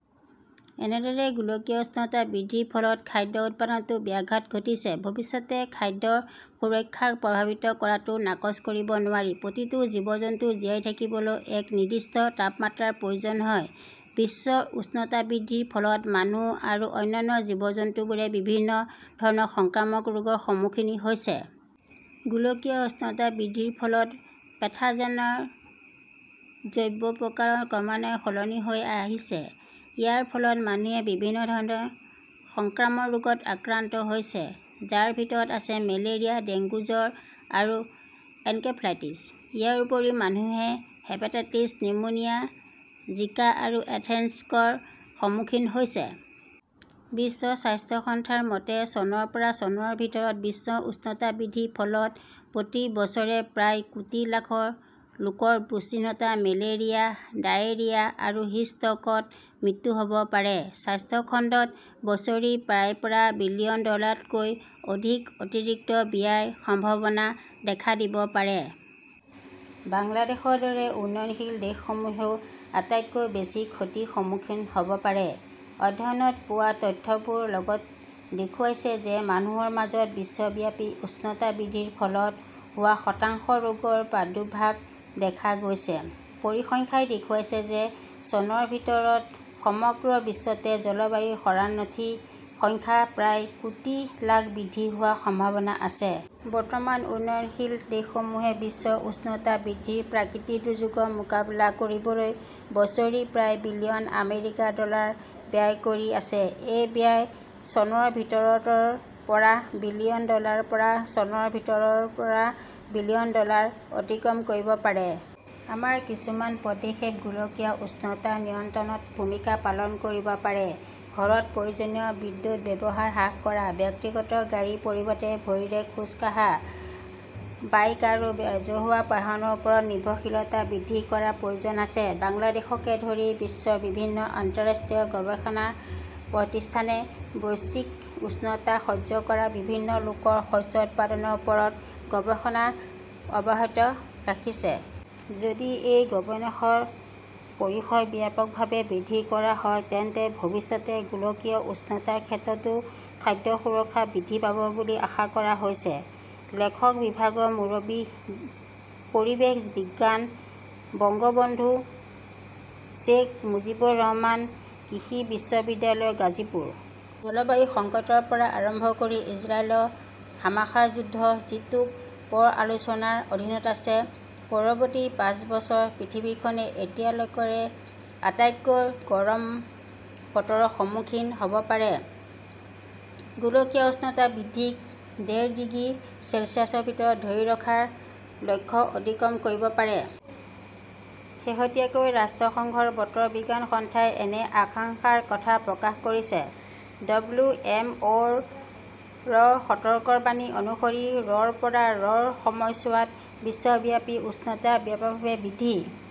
এনেদৰে গোলকীয় উষ্ণতা বৃদ্ধিৰ ফলত খাদ্য উৎপাদনতো ব্যাঘাত ঘটিছে। ভৱিষ্যতে খাদ্য সুৰক্ষাক প্ৰভাৱিত কৰাটো নাকচ কৰিব নোৱাৰি। প্ৰতিটো জীৱ-জন্তুৰ জীয়াই থাকিবলৈ এক নিৰ্দিষ্ট তাপমাত্ৰাৰ প্ৰয়োজন হয়। বিশ্ব উষ্ণতা বৃদ্ধিৰ ফলত মানুহ আৰু অন্যান্য জীৱ-জন্তুবোৰে বিভিন্ন ধৰণৰ সংক্ৰামক ৰোগৰ সন্মুখীন হৈছে। গোলকীয় উষ্ণতা বৃদ্ধিৰ ফলত পেথোজেনৰ জৈৱ প্ৰকাৰ ক্ৰমান্বয়ে সলনি হৈ আহিছে। ইয়াৰ ফলত মানুহে বিভিন্ন ধৰণৰ সংক্ৰামক ৰোগত আক্ৰান্ত হৈছে, যাৰ ভিতৰত আছে মেলেৰিয়া, ডেংগু জ্বৰ আৰু এনকেফেলাইটিছ। ইয়াৰ উপৰিও মানুহে হেপাটাইটিছ, নিউমোনিয়া, জিকা আৰু এন্থ্ৰেক্সৰ সন্মুখীন হৈছে। বিশ্ব স্বাস্থ্য সংস্থাৰ মতে, চনৰ পৰা চনৰ ভিতৰত বিশ্ব উষ্ণতা বৃদ্ধিৰ ফলত প্ৰতি বছৰে প্ৰায় কোটি লাখ লোকৰ পুষ্টিহীনতা, মেলেৰিয়া, ডায়েৰিয়া আৰু হিট ষ্ট্ৰ 'কত মৃত্যু হ' ব পাৰে। স্বাস্থ্য খণ্ডত বছৰি প্ৰায় ৰ পৰা বিলিয়ন ডলাৰতকৈ অধিক অতিৰিক্ত ব্যয়ৰ সম্ভাৱনা দেখা দিব পাৰে। বাংলাদেশৰ দৰে উন্নয়নশীল দেশসমূহেও আটাইতকৈ বেছি ক্ষতিৰ সন্মুখীন হ "ব পাৰে। অধ্যয়নত পোৱা তথ্যবোৰে লগতে দেখুৱাইছে যে মানুহৰ মাজত বিশ্বব্যাপী উষ্ণতা বৃদ্ধিৰ ফলত হোৱা শতাংশ ৰোগৰ প্ৰাদুৰ্ভাৱ দেখা গৈছে। পৰিসংখ্যাই দেখুৱাইছে যে চনৰ ভিতৰত সমগ্ৰ বিশ্বতে জলবায়ু-শৰণাৰ্থীৰ সংখ্যা প্ৰায় কোটি লাখ বৃদ্ধি হোৱাৰ সম্ভাৱনা আছে। বৰ্তমান উন্নয়নশীল দেশসমূহে বিশ্ব উষ্ণতা বৃদ্ধিৰ প্ৰাকৃতিক দুৰ্যোগৰ মোকাবিলা কৰিবলৈ বছৰি প্ৰায় বিলিয়ন আমেৰিকান ডলাৰ ব্যয় কৰি আছে। এই ব্যয় চনৰ ভিতৰত ৰ পৰা বিলিয়ন ডলাৰ আৰু চনৰ ভিতৰত ৰ পৰা বিলিয়ন ডলাৰ অতিক্ৰম কৰিব পাৰে। আমাৰ কিছুমান পদক্ষেপে গোলকীয় উষ্ণতা নিয়ন্ত্ৰণত ভূমিকা পালন কৰিব পাৰে। ঘৰত প্ৰয়োজনীয় বিদ্যুৎ ব্যৱহাৰ হ্ৰাস কৰা, ব্যক্তিগত গাড়ীৰ পৰিৱৰ্তে ভৰিৰে খোজ কাঢ়া, বাইক আৰু ৰাজহুৱা বাহনৰ ওপৰত নিৰ্ভৰশীলতা বৃদ্ধি কৰাৰ প্ৰয়োজন আছে। বাংলাদেশকে ধৰি বিশ্বৰ বিভিন্ন আন্তঃৰাষ্ট্ৰীয় গৱেষণা প্ৰতিষ্ঠানে বৈশ্বিক উষ্ণতা সহ্য কৰা বিভিন্ন প্ৰকাৰৰ শস্য উৎপাদনৰ ওপৰত গৱেষণা অব্যাহত ৰাখিছে। যদি এই গৱেষণাৰ পৰিসৰ ব্যাপকভাৱে বৃদ্ধি কৰা হয় তেন্তে ভৱিষ্যতে গোলকীয় উষ্ণতাৰ ক্ষেত্ৰতো খাদ্য সুৰক্ষা বৃদ্ধি পাব বুলি আশা কৰা হৈছে। লেখকঃ বিভাগৰ মুৰব্বী, পৰিৱেশ বিজ্ঞান, বঙ্গবন্ধু শ্বেইখ মুজিবুৰ ৰহমান কৃষি বিশ্ববিদ্যালয়, গাজীপুৰ। জলবায়ু সংকটৰ পৰা আৰম্ভ কৰি ইজৰাইল-হামাসৰ যুদ্ধ, যিটো ক 'প- আলোচনাৰ অধীনত আছে পৰৱৰ্তী পাঁচ বছৰ পৃথিৱীখনে এতিয়ালৈকেৰ আটাইতকৈ গৰম বতৰৰ সন্মুখীন হ 'ব পাৰে! গোলকীয় উষ্ণতা বৃদ্ধিক ডেৰ ডিগ্ৰী চেলছিয়াছৰ ভিতৰত ধৰি ৰখাৰ লক্ষ্য অতিক্ৰম কৰিব পাৰে। শেহতীয়াকৈ ৰাষ্ট্ৰসংঘৰ বতৰ বিজ্ঞান সংস্থাই এনে আশংকাৰ কথা প্ৰকাশ কৰিছে। ডব্লিউ. এম. অ '. -ৰ সতৰ্কবাণী অনুসৰি, -ৰ পৰা -ৰ সময়ছোৱাত বিশ্বব্যাপী উষ্ণতা ব্যাপকভাৱে বৃদ্ধি